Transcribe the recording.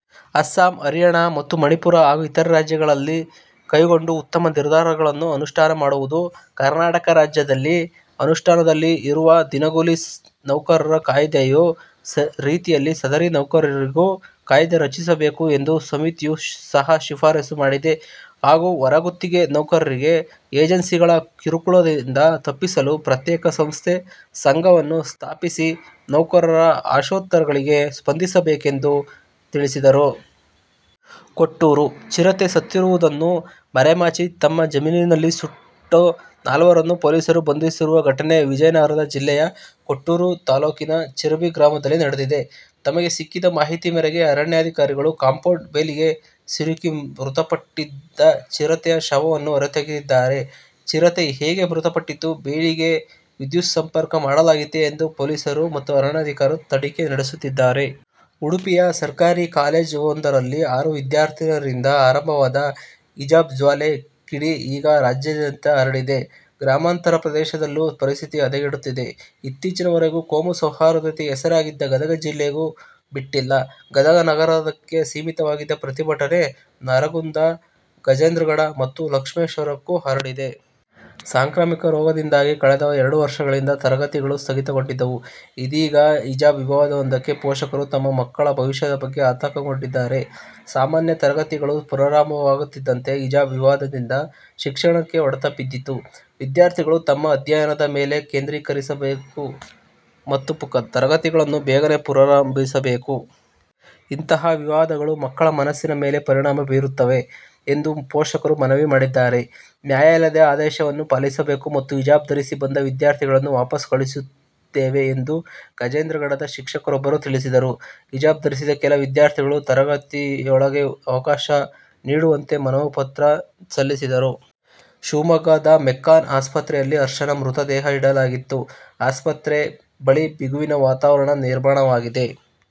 ಅಸ್ಸಾಂ, ಹರಿಯಾಣ ಮತ್ತು ಮಣಿಪುರ ಹಾಗೂ ಇತರೆ ರಾಜ್ಯಗಳು ಕೈಗೊಂಡ ಉತ್ತಮ ನಿರ್ಧಾರಗಳನ್ನು ಅನುಷ್ಠಾನ ಮಾಡುವುದು ಕರ್ನಾಟಕ ರಾಜ್ಯದಲ್ಲಿ ಅನುಷ್ಠಾನದಲ್ಲಿ ಇರುವ ದಿನಗೂಲಿ ನೌಕರರ ಕಾಯ್ದೆಯ ರೀತಿಯಲ್ಲಿ ಸದರಿ ನೌಕರರಿಗೂ ಕಾಯ್ದೆ ರಚಿಸಬೇಕು ಎಂದು ಸಮಿತಿಯು ಸಹ ಶಿಫಾರಸ್ಸು ಮಾಡಿದೆ ಹಾಗೂ ಹೊರಗುತ್ತಿಗೆ ನೌಕರರಿಗೆ ಏಜೆನ್ಸಿಗಳ ಕಿರುಕುಳದಿಂದ ತಪ್ಪಿಸಲು ಪ್ರತ್ಯೇಕ ಸಂಸ್ಥೆ / ಸಂಘವನ್ನು ಸ್ಥಾಪಿಸಿ ನೌಕರರ ಆಶೋತ್ತರಗಳಿಗೆ ಸ್ಪಂದಿಸಬೇಕೆಂದು ಎಂದು ತಿಳಿಸಿದರು. ಕೊಟ್ಟೂರು: ಚಿರತೆ ಸತ್ತಿರುವುದನ್ನು ಮರೆಮಾಚಿ ತಮ್ಮ ಜಮೀನಿನಲ್ಲಿ ಸುಟ್ಟ ನಾಲ್ವರನ್ನು ಪೊಲೀಸರು ಬಂಧಿಸಿರುವ ಘಟನೆ ವಿಜಯನಗರ ಜಿಲ್ಲೆಯ ಕೊಟ್ಟೂರು ತಾಲ್ಲೂಕಿನ ಚಿರಬಿ ಗ್ರಾಮದಲ್ಲಿ ನಡೆದಿದೆ. ತಮಗೆ ಸಿಕ್ಕಿದ ಮಾಹಿತಿ ಮೇರೆಗೆ ಅರಣ್ಯಾಧಿಕಾರಿಗಳು ಕಂಪೌಂಡ್ ಬೇಲಿಗೆ ಸಿಲುಕಿ ಮೃತಪಟ್ಟ ಚಿರತೆಯ ಶವವನ್ನು ಹೊರತೆಗೆದಿದ್ದಾರೆ. ಚಿರತೆ ಹೇಗೆ ಮೃತಪಟ್ಟಿತು, ಬೇಲಿಗೆ ವಿದ್ಯುತ್ ಸಂಪರ್ಕ ಮಾಡಲಾಗಿತ್ತೇ ಎಂದು ಪೊಲೀಸರು ಮತ್ತು ಅರಣ್ಯಾಧಿಕಾರಿಗಳು ತನಿಖೆ ನಡೆಸುತ್ತಿದ್ದಾರೆ. ಉಡುಪಿಯ ಸರ್ಕಾರಿ ಕಾಲೇಜ್ ವೊಂದರಲ್ಲಿ ಆರು ವಿದ್ಯಾರ್ಥಿನಿಯರಿಂದ ಆರಂಭವಾದ ಹಿಜಾಬ್ ಜ್ವಾಲೆಯ ಕಿಡಿ ಇದೀಗ ರಾಜ್ಯಾದ್ಯಂತ ಹರಡಿದೆ. ಗ್ರಾಮಾಂತರ ಪ್ರದೇಶದಲ್ಲೂ ಪರಿಸ್ಥಿತಿ ಹದಗೆಡುತ್ತಿದೆ. ಇತ್ತೀಚಿನವರೆಗೂ ಕೋಮು ಸೌಹಾರ್ದತೆಗೆ ಹೆಸರಾಗಿದ್ದ ಗದಗ ಜಿಲ್ಲೆಗೂ ಬಿಟ್ಟಿಲ್ಲ. ಗದಗ ನಗರಕ್ಕೆ ಸೀಮಿತವಾಗಿದ್ದ ಪ್ರತಿಭಟನೆ ನರಗುಂದ, ಗಜೇಂದ್ರಗಡ ಮತ್ತು ಲಕ್ಷ್ಮೇಶ್ವರಕ್ಕೂ ಹರಡಿದೆ. ಸಾಂಕ್ರಾಮಿಕ ರೋಗದಿಂದಾಗಿ ಕಳೆದ ಎರಡು ವರ್ಷಗಳಿಂದ ತರಗತಿಗಳು ಸ್ಥಗಿತಗೊಂಡವು. ಇದೀಗ ಹಿಜಾಬ್ ವಿವಾದದಿಂದಾಗಿ ಪೋಷಕರು ತಮ್ಮ ಮಕ್ಕಳ ಭವಿಷ್ಯದ ಬಗ್ಗೆ ಆತಂಕಗೊಂಡಿದ್ದಾರೆ. ಸಾಮಾನ್ಯ ತರಗತಿಗಳು ಪುನರಾರಂಭವಾಗುತ್ತಿದ್ದಂತೆ, ಹಿಜಾಬ್ ವಿವಾದದಿಂದ ಶಿಕ್ಷಣಕ್ಕೆ ಹೊಡೆತ ಬಿದ್ದಿತು. ವಿದ್ಯಾರ್ಥಿಗಳು ತಮ್ಮ ಅಧ್ಯಯನದ ಮೇಲೆ ಕೇಂದ್ರೀಕರಿಸಬೇಕು ಮತ್ತು ತರಗತಿಗಳನ್ನು ಬೇಗನೆ ಪುನರಾರಂಭಿಸಬೇಕು. ಇಂತಹ ವಿವಾದಗಳು ಮಕ್ಕಳ ಮನಸ್ಸಿನ ಮೇಲೆ ಪರಿಣಾಮ ಬೀರುತ್ತವೆ ಎಂದು ಪೋಷಕರು ಮನವಿ ಮಾಡಿದ್ದಾರೆ. ನ್ಯಾಯಾಲಯದ ಆದೇಶವನ್ನು ಪಾಲಿಸಬೇಕು ಮತ್ತು ಹಿಜಾಬ್ ಧರಿಸಿ ಬಂದ ವಿದ್ಯಾರ್ಥಿಗಳನ್ನು ವಾಪಸ್ ಕಳುಹಿಸಿದ್ದೇವೆ ಎಂದು ಗಜೇಂದ್ರಗಡದ ಶಿಕ್ಷಕರೊಬ್ಬರು ತಿಳಿಸಿದರು. ಹಿಜಾಬ್ ಧರಿಸಿದ ಕೆಲ ವಿದ್ಯಾರ್ಥಿಗಳು ತರಗತಿಯೊಳಗೆ ಅವಕಾಶ ನೀಡುವಂತೆ ಮನವಿ ಪತ್ರ ಸಲ್ಲಿಸಿದರು. ಶಿವಮೊಗ್ಗದ ಮೆಗ್ಗಾನ್ ಆಸ್ಪತ್ರೆಯಲ್ಲಿ ಹರ್ಷನ ಮೃತದೇಹ ಇಡಲಾಗಿದ್ದು ಆಸ್ಪತ್ರೆ ಬಳಿ ಬಿಗುವಿನ ವಾತಾವರಣ ನಿರ್ಮಾಣವಾಗಿದೆ.